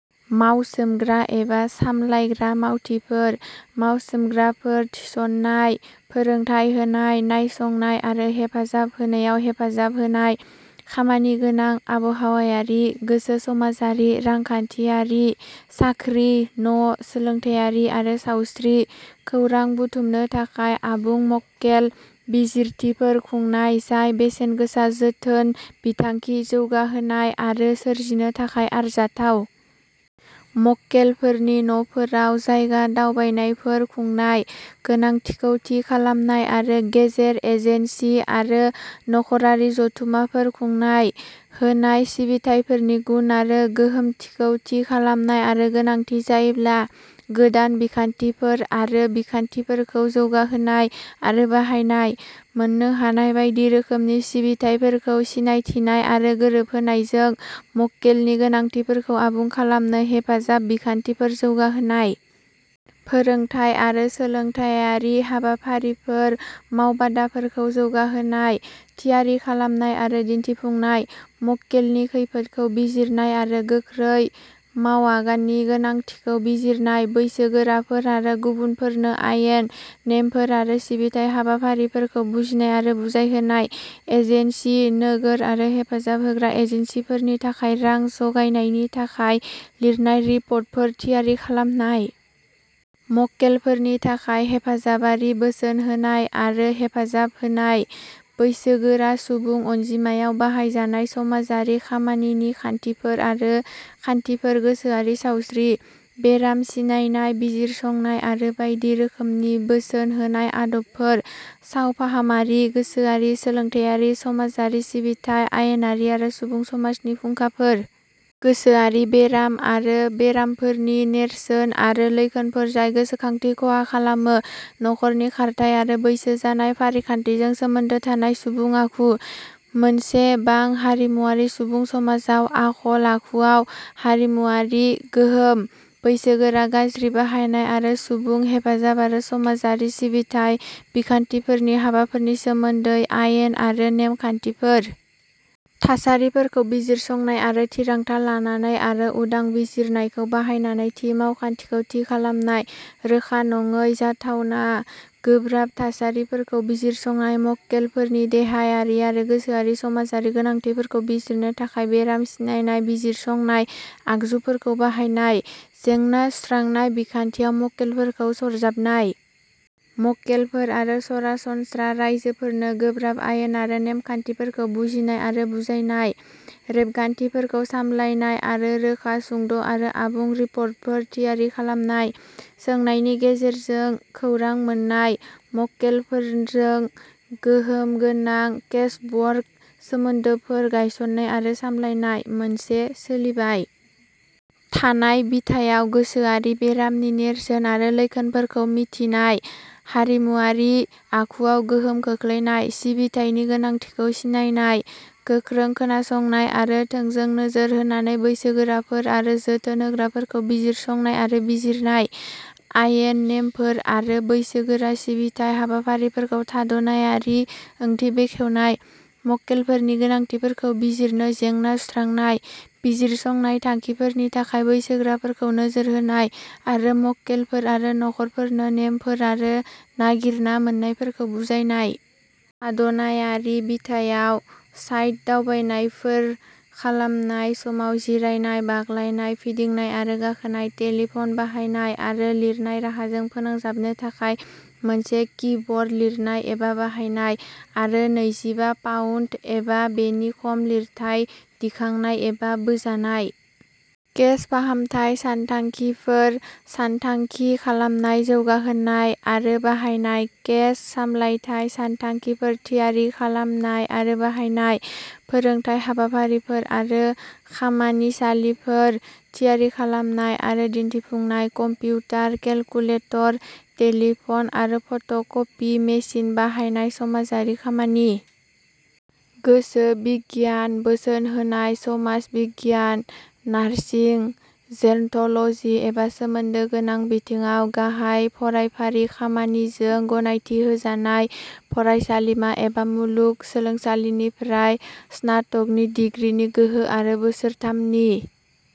मावसोमग्रा एबा सामलायग्रा मावथिफोर। मावसोमग्राफोर थिसननाय, फोरोंथाय होनाय, नायसंनाय आरो हेफाजाब होनायाव हेफाजाब होनाय। खामानिगोनां, आबहावायारि, गोसो-समाजारि, रांखान्थियारि, साख्रि, न ', सोलोंथायारि आरो सावस्रि खौरां बुथुमनो थाखाय आबुं मक्केल बिजिरथिफोर खुंनाय, जाय बेसेनगोसा जोथोन बिथांखि जौगाहोनाय आरो सोरजिनो थाखाय आरजाथाव। मक्केलफोरनि न'फोराव जायगा दावबायनायफोर खुंनाय। गोनांथिखौ थि खालामनाय आरो गेजेर-एजेन्सि आरो नखरारि जथुममाफोर खुंनाय। होनाय सिबिथाइफोरनि गुन आरो गोहोमथिखौ थि खालामनाय आरो गोनांथि जायोब्ला, गोदान बिखान्थिफोर आरो बिखान्थिफोरखौ जौगाहोनाय आरो बाहायनाय। मोननो हानाय बायदि रोखोमनि सिबिथाइफोरखौ सिनायथिनाय आरो गोरोबहोनायजों मक्केलनि गोनांथिफोरखौ आबुं खालामनो हेफाजाब बिखान्थिफोर जौगाहोनाय। फोरोंथाय आरो सोलोंथायारि हाबाफारिफोर मावबादाफोरखौ जौगाहोनाय, थियारि खालामनाय आरो दिन्थिफुंनाय। मक्केलनि खैफोदखौ बिजिरनाय आरो गोख्रै मावआगाननि गोनांथिखौ बिजिरनाय। बैसोगोराफोर आरो गुबुनफोरनो आयेन, नेमफोर आरो सिबिथाइ हाबाफारिफोरखौ बुजिनाय आरो बुजायहोनाय। एजेन्सि, नोगोर आरो हेफाजाब होग्रा एजेन्सिफोरनि थाखाय रां जगायनायनि थाखाय लिरनाय रिपर्टफोर थियारि खालामनाय। मक्केलफोरनि थाखाय हेफाजाबारि बोसोन होनाय आरो हेफाजाब होनाय। बैसोगोरा सुबुं अनजिमायाव बाहायजानाय समाजारि खामानिनि खान्थिफोर आरो खान्थिफोर गोसोआरि सावस्रि, बेराम सिनायनाय बिजिरसंनाय आरो बायदि रोखोमनि बोसोन होनाय आदबफोर। सावफाहामारि, गोसोआरि, सोलोंथायारि, समाजारि सिबिथाइ, आयेनारि आरो सुबुं समाजनि फुंखाफोर। गोसोआरि बेराम आरो बेरामफोरनि नेरसोन आरो लैखोनफोर जाय गोसोखांथि खहा खालामो; नखरनि खारथाइ, आरो बैसो जानाय फारिखान्थिजों सोमोन्दो थानाय सुबुं आखु। मोनसे बां-हारिमुआरि सुबुं समाजाव आखल-आखुआव हारिमुआरि गोहोम। बैसोगोरा गाज्रि बाहायनाय आरो सुबुं हेफाजाब आरो समाजारि सिबिथाइ बिखान्थिफोरनि हाबाफोरनि सोमोन्दै आयेन आरो नेम-खान्थिफोर। थासारिफोरखौ बिजिरसंनाय आरो थिरांथा लानानै आरो उदां बिजिरनायखौ बाहायनानै थि मावखान्थिखौ थि खालामनाय। रोखा नङै, जाथावना गोब्राब थासारिफोरखौ बिजिरसंनाय; मक्केलफोरनि देहायारि आरो गोसोआरि समाजारि गोनांथिफोरखौ बिजिरनो थाखाय बेराम सिनायनाय बिजिरसंनाय आगजुफोरखौ बाहायनाय। जेंना सुस्रांनाय बिखान्थियाव मक्केलफोरखौ सरजाबनाय। मक्केलफोर आरो सरासनस्रा राइजोफोरनो गोब्राब आयेन आरो नेमखान्थिफोरखौ बुजिनाय आरो बुजायनाय। रेबगान्थिफोरखौ सामलायनाय आरो रोखा, सुंद'आरो आबुं रिपर्टफोर थियारि खालामनाय। सोंनायनि गेजेरजों खौरां मोन्नाय; मक्केलफोरजों गोहोमगोनां केसवर्क सोमोन्दोफोर गायसन्नाय आरो सामलायनाय। मोनसे सोलिबाय थानाय बिथायाव, गोसोआरि बेरामनि नेरसोन आरो लैखोनफोरखौ मिन्थिनाय; हारिमुआरि आखुआव गोहोम खोख्लैनाय; सिबिथायनि गोनांथिखौ सिनायनाय; गोख्रों खोनासंनाय आरो थोंजों नोजोर होनानै बैसोगोराफोर आरो जोथोन होग्राफोरखौ बिजिरसंनाय आरो बिजिरनाय; आयेन, नेमफोर आरो बैसोगोरा सिबिथाइ हाबाफारिफोरखौ थाद नायारि ओंथि बेखेवनाय; मक्केलफोरनि गोनांथिफोरखौ बिजिरनो जेंना सुस्रांनाय; बिजिरसंनाय थांखिफोरनि थाखाय बैसोगोराफोरखौ नोजोर होनाय; आरो मक्केलफोर आरो नखरफोरनो नेमफोर आरो नागिरना मोन्नायफोरखौ बुजायनाय। थाद नायारि बिथायाव, साइट दावबायनायफोर खालामनाय समाव जिरायनाय, बाग्लायनाय, फिदिंनाय आरो गाखोनाय; टेलिफन बाहायनाय, आरो लिरनाय राहाजों फोनांजाबनो थाखाय मोनसे कीबर्ड लिरनाय एबा बाहायनाय; आरो नैजिबा पाउन्द एबा बेनि खम लिरथाय दिखांनाय एबा बोजानाय। केस फाहामथाय सानथांखिफोर सानथांखि खालामनाय, जौगाहोनाय, आरो बाहायनाय। केस सामलायथाय सानथांखिफोर थियारि खालामनाय आरो बाहायनाय। फोरोंथाय हाबाफारिफोर आरो खामानिसालिफोर थियारि खालामनाय आरो दिन्थिफुंनाय। कम्पिउटार, केलकुलेटर, टेलिफन आरो फट कपि मेसिन बाहायनाय समाजारि खामानि, गोसो बिगियान, बोसोन होनाय, समाज बिगियान, नार्सिं, जेरन्ट'लजि एबा सोमोन्दो गोनां बिथिङाव गाहाय फरायफारि खामानिजों गनायथि होजानाय फरायसालिमा एबा मुलुग सोलोंसालिनिफ्राय स्नातकनि डिग्रीनि गोहो आरो बोसोरथामनि